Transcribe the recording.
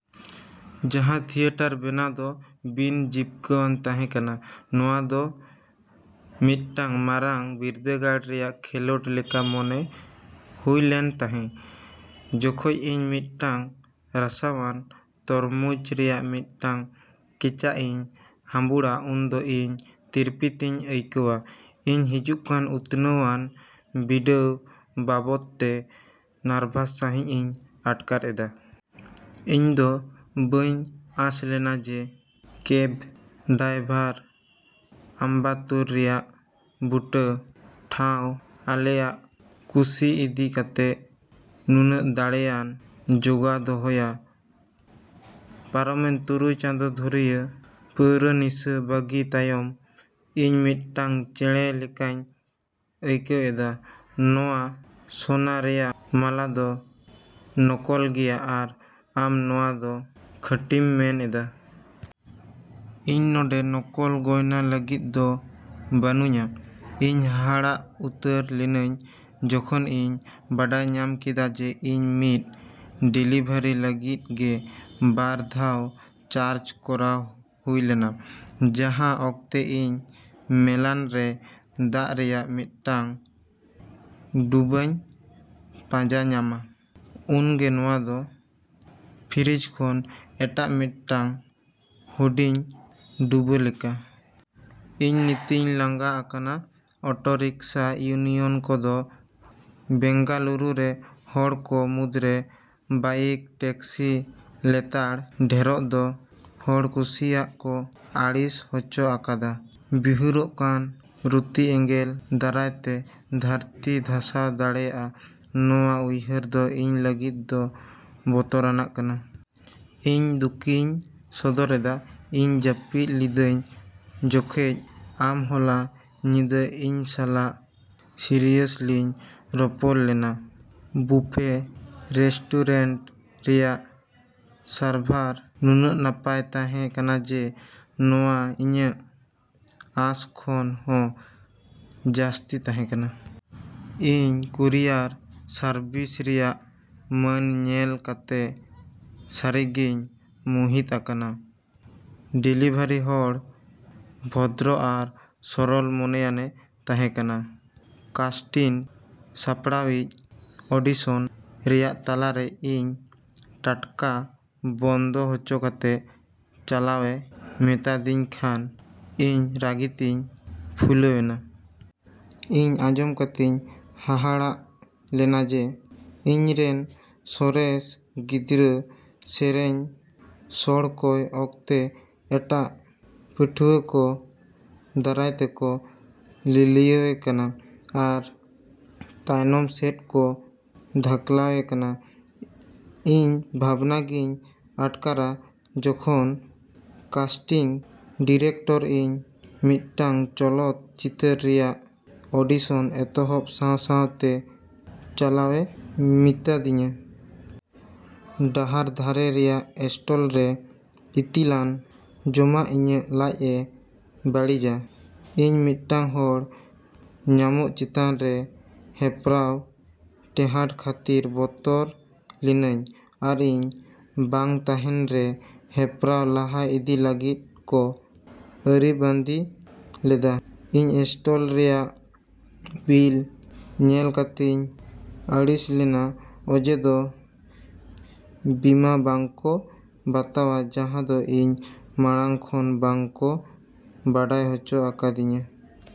ᱡᱟᱦᱟᱸ ᱛᱷᱤᱭᱮᱴᱟᱨ ᱵᱮᱱᱟᱣ ᱫᱚ ᱵᱤᱱ ᱡᱤᱵᱠᱟᱹᱣᱟᱱ ᱛᱟᱦᱮᱸ ᱠᱟᱱᱟ᱾ᱱᱚᱶᱟ ᱫᱚ ᱢᱤᱫᱴᱟᱝ ᱢᱟᱨᱟᱝ ᱵᱤᱨᱫᱟᱹᱜᱟᱲ ᱨᱮᱭᱟᱜ ᱠᱷᱮᱞᱳᱰ ᱞᱮᱠᱟ ᱢᱚᱱᱮ ᱦᱩᱭᱞᱮᱱ ᱛᱟᱦᱮᱸ᱾ ᱡᱚᱠᱷᱚᱡ ᱤᱧ ᱢᱤᱫᱴᱟᱝ ᱨᱟᱥᱟᱣᱟᱱ ᱛᱚᱨᱢᱩᱡᱽ ᱨᱮᱭᱟᱜ ᱢᱤᱫᱴᱟᱝ ᱠᱮᱪᱟᱜ ᱤᱧ ᱦᱟᱺᱵᱩᱲᱟ ᱩᱱᱫᱚ ᱤᱧ ᱛᱤᱨᱯᱤᱛᱤᱧ ᱟᱹᱭᱠᱟᱹᱣᱟ᱾ ᱤᱧ ᱦᱤᱡᱩᱜᱠᱟᱱ ᱩᱛᱱᱟᱹᱣᱟᱱ ᱵᱤᱰᱟᱹᱣ ᱵᱟᱵᱚᱫᱛᱮ ᱱᱟᱨᱵᱷᱟᱥ ᱥᱟᱹᱦᱤᱡ ᱤᱧ ᱟᱴᱠᱟᱨ ᱮᱫᱟ᱾ ᱤᱧᱫᱚ ᱵᱟᱹᱧ ᱟᱸᱥᱞᱮᱱᱟ ᱡᱮ ᱠᱮᱵ ᱰᱟᱭᱵᱷᱟᱨ ᱟᱢᱵᱟᱛᱩᱨ ᱨᱮᱭᱟᱜ ᱵᱩᱴᱟᱹ ᱴᱷᱟᱣ ᱟᱞᱮᱭᱟᱜ ᱠᱩᱥᱤ ᱤᱫᱤ ᱠᱟᱛᱮ ᱱᱩᱱᱟᱹᱜ ᱫᱟᱲᱮᱭᱟᱱ ᱡᱚᱜᱟᱣ ᱫᱚᱦᱚᱭᱟ᱾ ᱯᱟᱨᱚᱢᱮᱱ ᱛᱩᱨᱩᱭ ᱪᱟᱸᱫᱳ ᱫᱷᱩᱨᱤᱭᱟᱹ ᱯᱟᱹᱣᱨᱟᱹ ᱱᱤᱥᱟᱹ ᱵᱟᱹᱜᱤ ᱛᱟᱭᱚᱢ ᱤᱧ ᱢᱤᱫᱴᱟᱝ ᱪᱮᱬᱮ ᱞᱮᱠᱟᱧ ᱟᱹᱭᱠᱟᱹᱣ ᱮᱫᱟ᱾ ᱱᱚᱣᱟ ᱥᱚᱱᱟ ᱨᱮᱭᱟᱜ ᱢᱟᱞᱟ ᱫᱚ ᱱᱚᱠᱚᱞ ᱜᱮᱭᱟ ᱟᱨ ᱟᱢ ᱱᱚᱣᱟ ᱫᱚ ᱠᱷᱟᱹᱴᱤᱢ ᱢᱮᱱ ᱮᱫᱟ? ᱤᱧ ᱱᱚᱰᱮᱸ ᱱᱚᱠᱚᱞ ᱜᱚᱭᱱᱟ ᱞᱟᱹᱜᱤᱫ ᱫᱚ ᱵᱟᱹᱱᱩᱧᱟ! ᱤᱧ ᱦᱟᱦᱟᱲᱟᱜ ᱩᱛᱟᱹᱨ ᱞᱤᱱᱟᱹᱧ ᱡᱚᱠᱷᱚᱱ ᱤᱧ ᱵᱟᱰᱟᱭ ᱧᱟᱢ ᱠᱮᱫᱟ ᱡᱮ ᱤᱧ ᱢᱤᱫ ᱰᱮᱞᱤᱵᱷᱟᱨᱤ ᱞᱟᱹᱜᱤᱫ ᱜᱮ ᱵᱟᱨ ᱫᱷᱟᱣ ᱪᱟᱨᱡᱽ ᱠᱚᱨᱟᱣ ᱦᱩᱭ ᱞᱮᱱᱟ᱾ ᱡᱟᱦᱟᱸ ᱚᱠᱛᱮ ᱤᱧ ᱢᱮᱞᱟᱱ ᱨᱮ ᱫᱟᱜ ᱨᱮᱭᱟᱜ ᱢᱤᱫᱴᱟᱝ ᱰᱩᱵᱟᱹᱧ ᱯᱟᱸᱡᱟ ᱧᱟᱢᱟ, ᱩᱱᱜᱮ ᱱᱚᱣᱟ ᱫᱚ ᱯᱷᱨᱤᱡᱽ ᱠᱷᱚᱱ ᱮᱴᱟᱜ ᱢᱤᱫᱴᱟᱝ ᱦᱩᱰᱤᱧ ᱰᱩᱵᱟᱹ ᱞᱮᱠᱟ᱾ ᱤᱧ ᱱᱤᱛᱤᱧ ᱞᱟᱸᱜᱟ ᱟᱠᱟᱱᱟ᱾ ᱚᱴᱚ ᱨᱤᱠᱥᱟ ᱤᱭᱩᱱᱤᱭᱚᱱ ᱠᱚᱫᱚ ᱵᱮᱝᱜᱟᱞᱩᱨᱩ ᱨᱮ ᱦᱚᱲ ᱠᱚ ᱢᱩᱫᱽᱨᱮ ᱵᱟᱭᱤᱠ ᱴᱮᱠᱥᱤ ᱞᱮᱛᱟᱲ ᱰᱷᱮᱨᱚᱜ ᱫᱚ ᱦᱚᱲ ᱠᱩᱥᱤᱭᱟᱜ ᱠᱚ ᱟᱹᱲᱤᱥ ᱦᱚᱪᱚ ᱟᱠᱟᱫᱟ᱾ ᱵᱤᱦᱩᱨᱚᱜ ᱠᱟᱱ ᱨᱩᱛᱤ ᱮᱸᱜᱮᱞ ᱫᱟᱨᱟᱭᱛᱮ ᱫᱷᱟᱹᱨᱛᱤ ᱫᱷᱟᱥᱟᱣ ᱫᱟᱲᱮᱭᱟᱜᱼᱟ ᱱᱚᱣᱟ ᱩᱭᱦᱟᱹᱨ ᱫᱚ ᱤᱧ ᱞᱟᱹᱜᱤᱫ ᱫᱚ ᱵᱚᱛᱚᱨᱟᱱᱟᱜ ᱠᱟᱱᱟ᱾ ᱤᱧ ᱫᱩᱠᱤᱧ ᱥᱚᱫᱚ ᱨᱮᱫᱟ ᱤᱧ ᱡᱟᱹᱯᱤᱫ ᱞᱤᱫᱟᱹᱧ ᱡᱚᱠᱷᱮᱡ ᱟᱢ ᱦᱚᱞᱟ ᱧᱤᱫᱟᱹ ᱤᱧ ᱥᱟᱞᱟᱜ ᱥᱤᱨᱤᱭᱟᱥᱞᱤᱧ ᱨᱚᱯᱚᱲ ᱞᱮᱱᱟ᱾ ᱵᱩᱯᱷᱮ ᱨᱮᱥᱴᱩᱨᱮᱱᱴ ᱨᱮᱭᱟᱜ ᱥᱟᱨᱵᱷᱟᱨ ᱱᱩᱱᱟᱹᱜ ᱱᱟᱯᱟᱭ ᱛᱟᱦᱮᱸ ᱠᱟᱱᱟ ᱡᱮ ᱱᱚᱣᱟ ᱤᱧᱟᱹᱜ ᱟᱸᱥ ᱠᱷᱚᱱ ᱦᱚᱸ ᱡᱟᱹᱥᱛᱤ ᱛᱟᱦᱮᱸ ᱠᱟᱱᱟ᱾ ᱤᱧ ᱠᱩᱨᱤᱭᱟᱨ ᱥᱟᱨᱵᱷᱤᱥ ᱨᱮᱭᱟᱜ ᱢᱟᱹᱱ ᱧᱮᱞ ᱠᱟᱛᱮ ᱥᱟᱹᱨᱤ ᱜᱤᱧ ᱢᱩᱦᱤᱛ ᱟᱠᱟᱱᱟ᱾ ᱰᱮᱞᱤᱵᱷᱟᱨᱤ ᱦᱚᱲ ᱵᱷᱚᱫᱨᱚ ᱟᱨ ᱥᱚᱨᱚᱞ ᱢᱚᱱᱮᱭᱟᱱ ᱮ ᱛᱟᱦᱮᱸ ᱠᱟᱱᱟ᱾ ᱠᱟᱥᱴᱤᱱ ᱥᱟᱯᱲᱟᱣᱤᱡ ᱚᱰᱤᱥᱚᱱ ᱨᱮᱭᱟᱜ ᱛᱟᱞᱟ ᱨᱮ ᱤᱧ ᱴᱟᱴᱠᱟ ᱵᱚᱱᱫᱚ ᱦᱚᱪᱚ ᱠᱟᱛᱮ ᱪᱟᱞᱟᱣᱮ ᱢᱮᱛᱟᱫᱤᱧ ᱠᱷᱟᱱ ᱤᱧ ᱨᱟᱹᱜᱤᱛᱮᱧ ᱯᱷᱩᱞᱟᱹᱣᱮᱱᱟ᱾ ᱤᱧ ᱟᱸᱡᱚᱢ ᱠᱟᱛᱮᱧ ᱦᱟᱦᱟᱲᱟᱜ ᱞᱮᱱᱟ ᱡᱮ ᱤᱧᱨᱮᱱ ᱥᱚᱨᱮᱥ ᱜᱤᱫᱽᱨᱟᱹ ᱥᱮᱨᱮᱧ ᱥᱚᱲᱠᱚᱭ ᱚᱠᱛᱮ ᱮᱴᱟᱜ ᱯᱟᱹᱴᱷᱩᱣᱟ ᱠᱚ ᱫᱟᱨᱟᱭ ᱛᱮᱠᱚ ᱞᱤᱞᱤᱭᱟᱹᱣᱮ ᱠᱟᱱᱟ ᱟᱨ ᱛᱟᱭᱚᱱᱚᱢ ᱥᱮᱫ ᱠᱚ ᱫᱷᱟᱠᱞᱟᱣᱮ ᱠᱟᱱᱟ᱾ ᱤᱧ ᱵᱷᱟᱵᱽᱱᱟ ᱜᱮᱧ ᱟᱴᱠᱟᱨᱟ ᱡᱚᱠᱷᱚᱱ ᱠᱟᱥᱴᱤᱝ ᱰᱤᱨᱮᱠᱴᱚᱨ ᱤᱧ ᱢᱤᱫᱴᱟᱝ ᱪᱚᱞᱚᱛ ᱪᱤᱛᱟᱹᱨ ᱨᱮᱭᱟᱜ ᱚᱰᱤᱥᱚᱱ ᱮᱛᱚᱦᱚᱵ ᱥᱟᱶ ᱥᱟᱶᱛᱮ ᱪᱟᱞᱟᱣᱮ ᱢᱤᱛᱟᱹᱫᱤᱧᱟ᱾ ᱰᱟᱦᱟᱨ ᱫᱷᱟᱨᱮ ᱨᱮᱭᱟᱜ ᱤᱥᱴᱚᱞᱨᱮ ᱤᱛᱤᱞᱟᱱ ᱡᱚᱢᱟᱜ ᱤᱧᱟᱹᱜ ᱞᱟᱡᱽᱼᱮ ᱵᱟᱹᱲᱤᱡᱟ᱾ ᱤᱧ ᱢᱤᱫᱴᱟᱝ ᱦᱚᱲ ᱧᱟᱢᱚᱜ ᱪᱮᱛᱟᱱ ᱨᱮ ᱦᱮᱯᱨᱟᱣ ᱴᱮᱦᱟᱸᱰ ᱠᱷᱟᱹᱛᱤᱨ ᱵᱚᱛᱚᱨ ᱞᱤᱱᱟᱹᱧ ᱟᱨ ᱤᱧ ᱵᱟᱝ ᱛᱟᱦᱮᱱ ᱨᱮ ᱦᱮᱯᱨᱟᱣ ᱞᱟᱦᱟ ᱤᱫᱤ ᱞᱟᱹᱜᱤᱫ ᱠᱚ ᱟᱹᱨᱤᱵᱟᱸᱫᱤ ᱞᱮᱫᱟ᱾ ᱤᱧ ᱤᱥᱴᱚᱞ ᱨᱮᱭᱟᱜ ᱵᱤᱞ ᱧᱮᱞ ᱠᱟᱛᱮᱧ ᱟᱹᱲᱤᱥ ᱞᱮᱱᱟ ᱚᱡᱮ ᱫᱚ ᱵᱤᱢᱟ ᱵᱟᱝ ᱠᱚ ᱵᱟᱛᱟᱣᱟ ᱡᱟᱦᱟᱸ ᱫᱚ ᱤᱧ ᱢᱟᱲᱟᱝ ᱠᱷᱚᱱ ᱵᱟᱝ ᱠᱚ ᱰᱟᱰᱟᱭ ᱦᱚᱪᱚ ᱟᱠᱟᱫᱤᱧᱟᱹ᱾